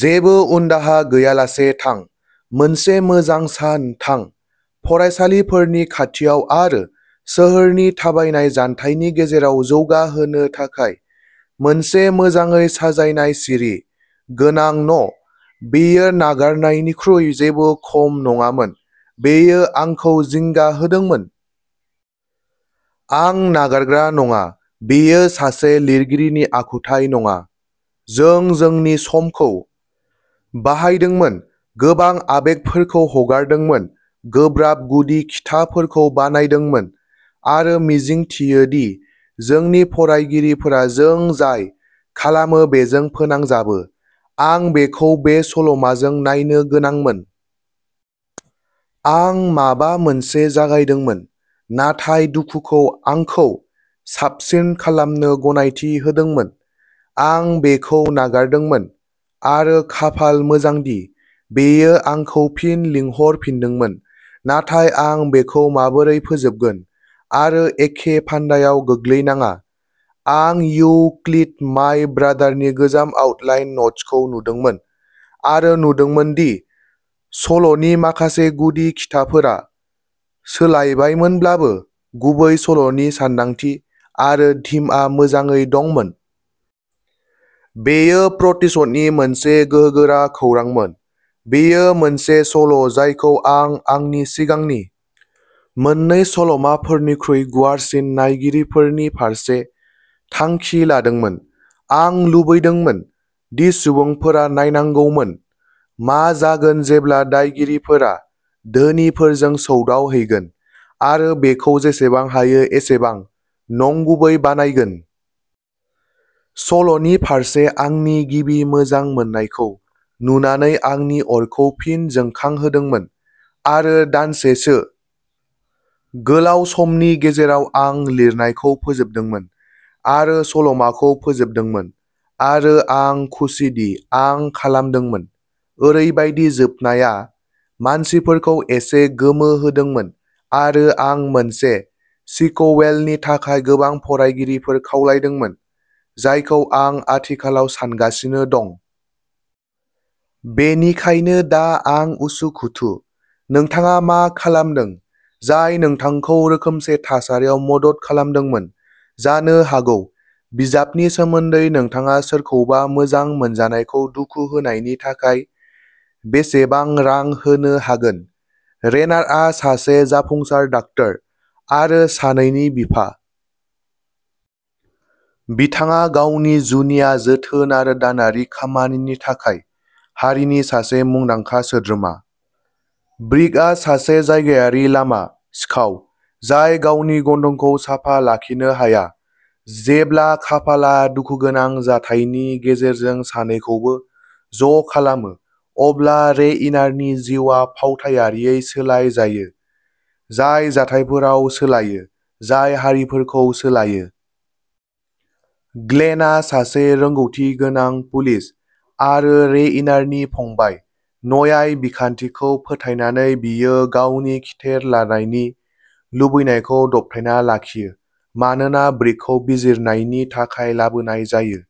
जेबो उनदाहा गैयालासे थां। मोनसे मोजां सान थां। फरायसालिफोरनि खाथियाव आरो सोहोरनि थाबायनाय जानथायनि गेजेराव जौगा होनो थाखाय मोनसे मोजाङै साजायनाय सिरि गोनां न'। बेयो नागारनायनिख्रुइ जेबो खम नङामोन। बेयो आंखौ जिंगा होदोंमोन। आं नागारग्रा नङा। बेयो सासे लिरगिरिनि आखुथाइ नङा। जों जोंनि समखौ बाहायदोंमोन, गोबां आबेगफोरखौ हगारदोंमोन, गोब्राब गुदि खिथाफोरखौ बानायदोंमोन आरो मिजिंथियोदि जोंनि फरायगिरिफोरा जों जाय खालामो बेजों फोनांजाबो। आं बेखौ बे सल'माजों नायनो गोनांमोन। आं माबा मोनसे जागायदोंमोन, नाथाय दुखुखौ आंखौ साबसिन खालामनो गनायथि होदोंमोन। आं बेखौ नागारदोंमोन आरो खाफाल मोजांदि बेयो आंखौ फिन लिंहरफिनदोंमोन। नाथाय आं बेखौ माबोरै फोजोबगोन आरो एखे फान्दायाव गोग्लैनाङा? आं इउ किल्ड माय ब्रादारनि गोजाम आउटलाइन न'ट्सखौ नुदोंमोन आरो नुदोंमोन दि सल'नि माखासे गुदि खिथाफोरा सोलायबायमोनब्लाबो, गुबै सल'नि सानदांथि आरो थीमआ मोजाङै दंमोन। बेयो प्रतिशोधनि मोनसे गोहोगोरा खौरांमोन। बेयो मोनसे सल'जायखौ आं आंनि सिगांनि मोन्नै सल'माफोरनिख्रुइ गुवारसिन नायगिरिफोरनि फारसे थांखि लादोंमोन। आं लुबैदोंमोन दि सुबुंफोरा नायनांगौमोन। मा जागोन जेब्ला दायगिरिफोरा दोहोनिफोरजों सौदावहैगोन आरो बेखौ जेसेबां हायो एसेबां नंगुबै बानायगोन। सल'नि फारसे आंनि गिबि मोजां मोननायखौ नुनानै आंनि अरखौ फिन जोंखांहोदोंमोन, आरो दानसेसो गोलाव समनि गेजेराव, आं लिरनायखौ फोजोबदोंमोन आरो सल'माखौ फोजोबदोंमोन। आरो आं खुसिदि आं खालामदोंमोन। ओरैबायदि जोबनाया मानसिफोरखौ एसे गोमोहोदोंमोन आरो आं मोनसे सिक्वेलनि थाखाय गोबां फरायगिरिफोर खावलायदोंमोन, जायखौ आं आथिखालाव सानगासिनो दं। बेनिखायनो दा आं उसुखुथु, नोंथाङा मा खालामदों जाय नोंथांखौ रोखोमसे थासारियाव मदद खालामदोंमोन जानो हागौ? बिजाबनि सोमोन्दैः नोंथाङा सोरखौबा मोजां मोनजानायखौ दुखु होनायनि थाखाय बेसेबां रां होनो हागोन? रेनारआ सासे जाफुंसार डाक्ट'र आरो सानैनि बिफा। बिथाङा गावनि जुनिया जोथोन आरो दानारि खामानिनि थाखाय हारिनि सासे मुंदांखा सोद्रोमा। ब्रिकआ सासे जायगायारि लामा सिखाव जाय गावनि गन्थंखौ साफा लाखिनो हाया। जेब्ला खाफालआ दुखुगोनां जाथायनि गेजेरजों सानैखौबो ज'खालामो, अब्ला रेइनारनि जिउआ फावथायारियै सोलाय जायो, जाय जाथायफोराव सोलायो जाय हारिफोरखौ सोलायो। ग्लेनआ सासे रोंग'थिगोनां पुलिस आरो रेइनारनि फंबाय। न्याय बिखान्थिखौ फोथायनानै, बियो गावनि खिथेर लानायनि लुबैनायखौ दबथायना लाखियो मानोना ब्रिकखौ बिजिरनायनि थाखाय लाबोनाय जायो।